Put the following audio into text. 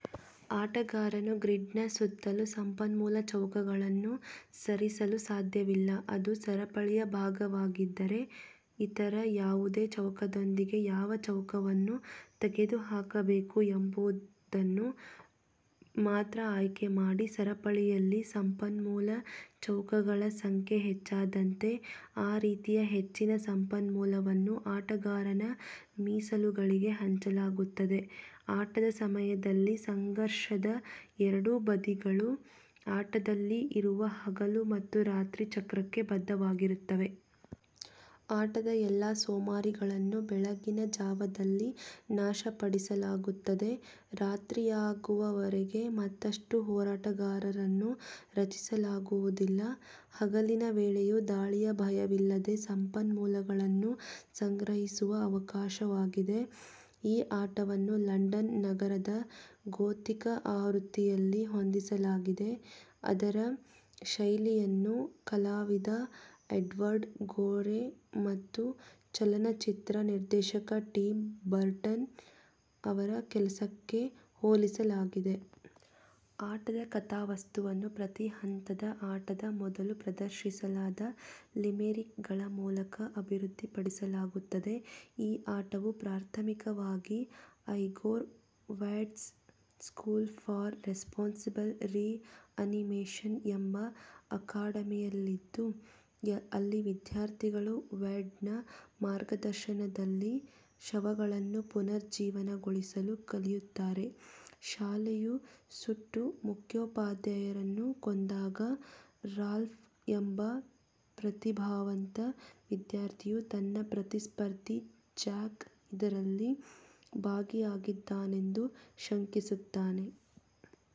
ಆಟಗಾರನು ಗ್ರಿಡ್ನ ಸುತ್ತಲೂ ಸಂಪನ್ಮೂಲ ಚೌಕಗಳನ್ನು ಸರಿಸಲು ಸಾಧ್ಯವಿಲ್ಲ, ಅದು ಸರಪಳಿಯ ಭಾಗವಾಗಿದ್ದರೆ ಇತರ ಯಾವುದೇ ಚೌಕದೊಂದಿಗೆ ಯಾವ ಚೌಕವನ್ನು ತೆಗೆದುಹಾಕಬೇಕು ಎಂಬುದನ್ನು ಮಾತ್ರ ಆಯ್ಕೆ ಮಾಡಿ. ಸರಪಳಿಯಲ್ಲಿ ಸಂಪನ್ಮೂಲ ಚೌಕಗಳ ಸಂಖ್ಯೆ ಹೆಚ್ಚಾದಂತೆ, ಆ ರೀತಿಯ ಹೆಚ್ಚಿನ ಸಂಪನ್ಮೂಲವನ್ನು ಆಟಗಾರನ ಮೀಸಲುಗಳಿಗೆ ಹಂಚಲಾಗುತ್ತದೆ. ಆಟದ ಸಮಯದಲ್ಲಿ ಸಂಘರ್ಷದ ಎರಡೂ ಬದಿಗಳು ಆಟದಲ್ಲಿ ಇರುವ ಹಗಲು ಮತ್ತು ರಾತ್ರಿ ಚಕ್ರಕ್ಕೆ ಬದ್ಧವಾಗಿರುತ್ತವೆ. ಆಟದ ಎಲ್ಲಾ ಸೋಮಾರಿಗಳನ್ನು ಬೆಳಗಿನ ಜಾವದಲ್ಲಿ ನಾಶಪಡಿಸಲಾಗುತ್ತದೆ, ರಾತ್ರಿಯಾಗುವವರೆಗೆ ಮತ್ತಷ್ಟು ಹೋರಾಟಗಾರರನ್ನು ರಚಿಸಲಾಗುವುದಿಲ್ಲ. ಹಗಲಿನ ವೇಳೆಯು ದಾಳಿಯ ಭಯವಿಲ್ಲದೆ ಸಂಪನ್ಮೂಲಗಳನ್ನು ಸಂಗ್ರಹಿಸುವ ಅವಕಾಶವಾಗಿದೆ. ಈ ಆಟವನ್ನು ಲಂಡನ್ ನಗರದ ಗೋಥಿಕ್ ಆವೃತ್ತಿಯಲ್ಲಿ ಹೊಂದಿಸಲಾಗಿದೆ, ಅದರ ಶೈಲಿಯನ್ನು ಕಲಾವಿದ ಎಡ್ವರ್ಡ್ ಗೋರೆ ಮತ್ತು ಚಲನಚಿತ್ರ ನಿರ್ದೇಶಕ ಟಿಮ್ ಬರ್ಟನ್ ಅವರ ಕೆಲಸಕ್ಕೆ ಹೋಲಿಸಲಾಗಿದೆ. ಆಟದ ಕಥಾವಸ್ತುವನ್ನು ಪ್ರತಿ ಹಂತದ ಆಟದ ಮೊದಲು ಪ್ರದರ್ಶಿಸಲಾದ ಲಿಮೆರಿಕ್ಗಳ ಮೂಲಕ ಅಭಿವೃದ್ಧಿಪಡಿಸಲಾಗುತ್ತದೆ. ಈ ಆಟವು ಪ್ರಾಥಮಿಕವಾಗಿ Igor Weird's School for Responsible Reanimation ಎಂಬ ಅಕಾಡೆಮಿಯಲ್ಲಿದ್ದು, ಅಲ್ಲಿ ವಿದ್ಯಾರ್ಥಿಗಳು ವೇರ್ಡ್ನ ಮಾರ್ಗದರ್ಶನದಲ್ಲಿ ಶವಗಳನ್ನು ಪುನರುಜ್ಜೀವನಗೊಳಿಸಲು ಕಲಿಯುತ್ತಾರೆ. ಶಾಲೆಯು ಸುಟ್ಟು, ಮುಖ್ಯೋಪಾಧ್ಯಾಯರನ್ನು ಕೊಂದಾಗ, ರಾಲ್ಫ್ ಎಂಬ ಪ್ರತಿಭಾವಂತ ವಿದ್ಯಾರ್ಥಿಯು ತನ್ನ ಪ್ರತಿಸ್ಪರ್ಧಿ ಜ್ಯಾಕ್ ಇದರಲ್ಲಿ ಭಾಗಿಯಾಗಿದ್ದಾನೆಂದು ಶಂಕಿಸುತ್ತಾನೆ.